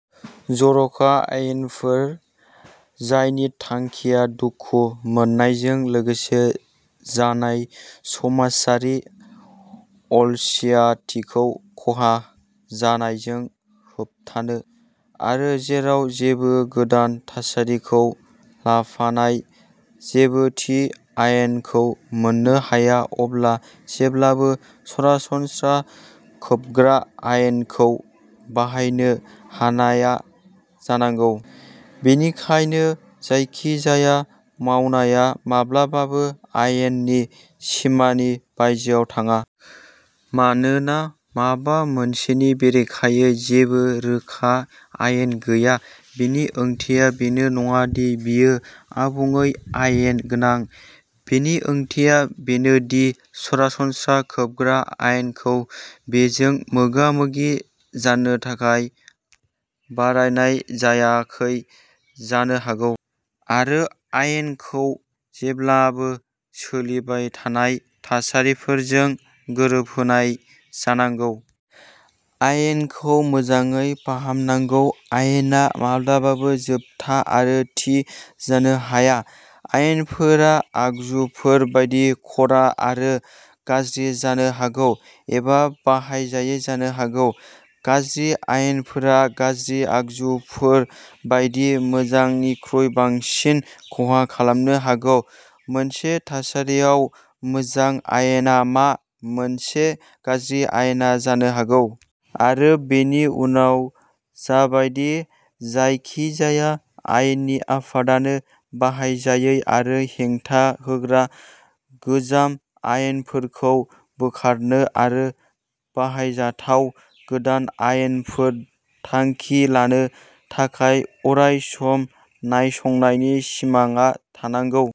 जर'खा आयेनफोर जायनि थांखिया दुखु मोननायजों लोगोसे जानाय समाजारि अलसियाथिखौ खहा जानायखौ होबथानो। आरो जेराव जेबो गोदान थासारिखौ लाफानाय जेबो थि आयेनखौ मोननो हाया, अब्ला जेब्लाबो सरासनस्रा खोबग्रा आयेनखौ बाहायनो हानाय जानांगौ। बेनिखायनो जायखिजाया मावनाया माब्लाबाबो आयेननि सिमानि बायजोआव थाङा। मानोना माबा मोनसेनि बेरेखायै जेबो रोखा आयेन गैया, बेनि ओंथिया बेनो नङा दि बेयो आबुङै आयेन गोनां। बेनि ओंथिया बेनो दि सरासनस्रा खोबग्रा आयेनखौ बेजों मोगा-मोगि जानो थाखाय बारायनाय जायाखै जानो हागौ। आरो आयेनखौ जेब्लाबो सोलिबाय थानाय थासारिफोरजों गोरोबहोनाय जानांगौ। आयेनखौ मोजाङै फाहामनांगौ। आयेना माब्लाबाबो जोबथा आरो थि जानो हाया। आयेनफोरा, आगजुफोर बायदि, ख'रा आरो गाज्रि जानो हागौ, एबा बाहायजायै जानो हागौ। गाज्रि आयेनफोरा, गाज्रि आगजुफोर बायदि, मोजांनिख्रुइ बांसिन खहा खालामनो हागौ। मोनसे थासारियाव मोजां आयेना मा मोनसे गाज्रि आयेना जानो हागौ। आरो बेनि उनाव जाबायदि जायखिजाया आयेननि आफादानो बाहायजायै आरो हेंथा होग्रा गोजाम आयेनफोरखौ बोखारनो आरो बाहायजाथाव गोदान आयेनफोर थांखि लानो थाखाय अराय सम नायसंनायनि सिङाव थानांगौ।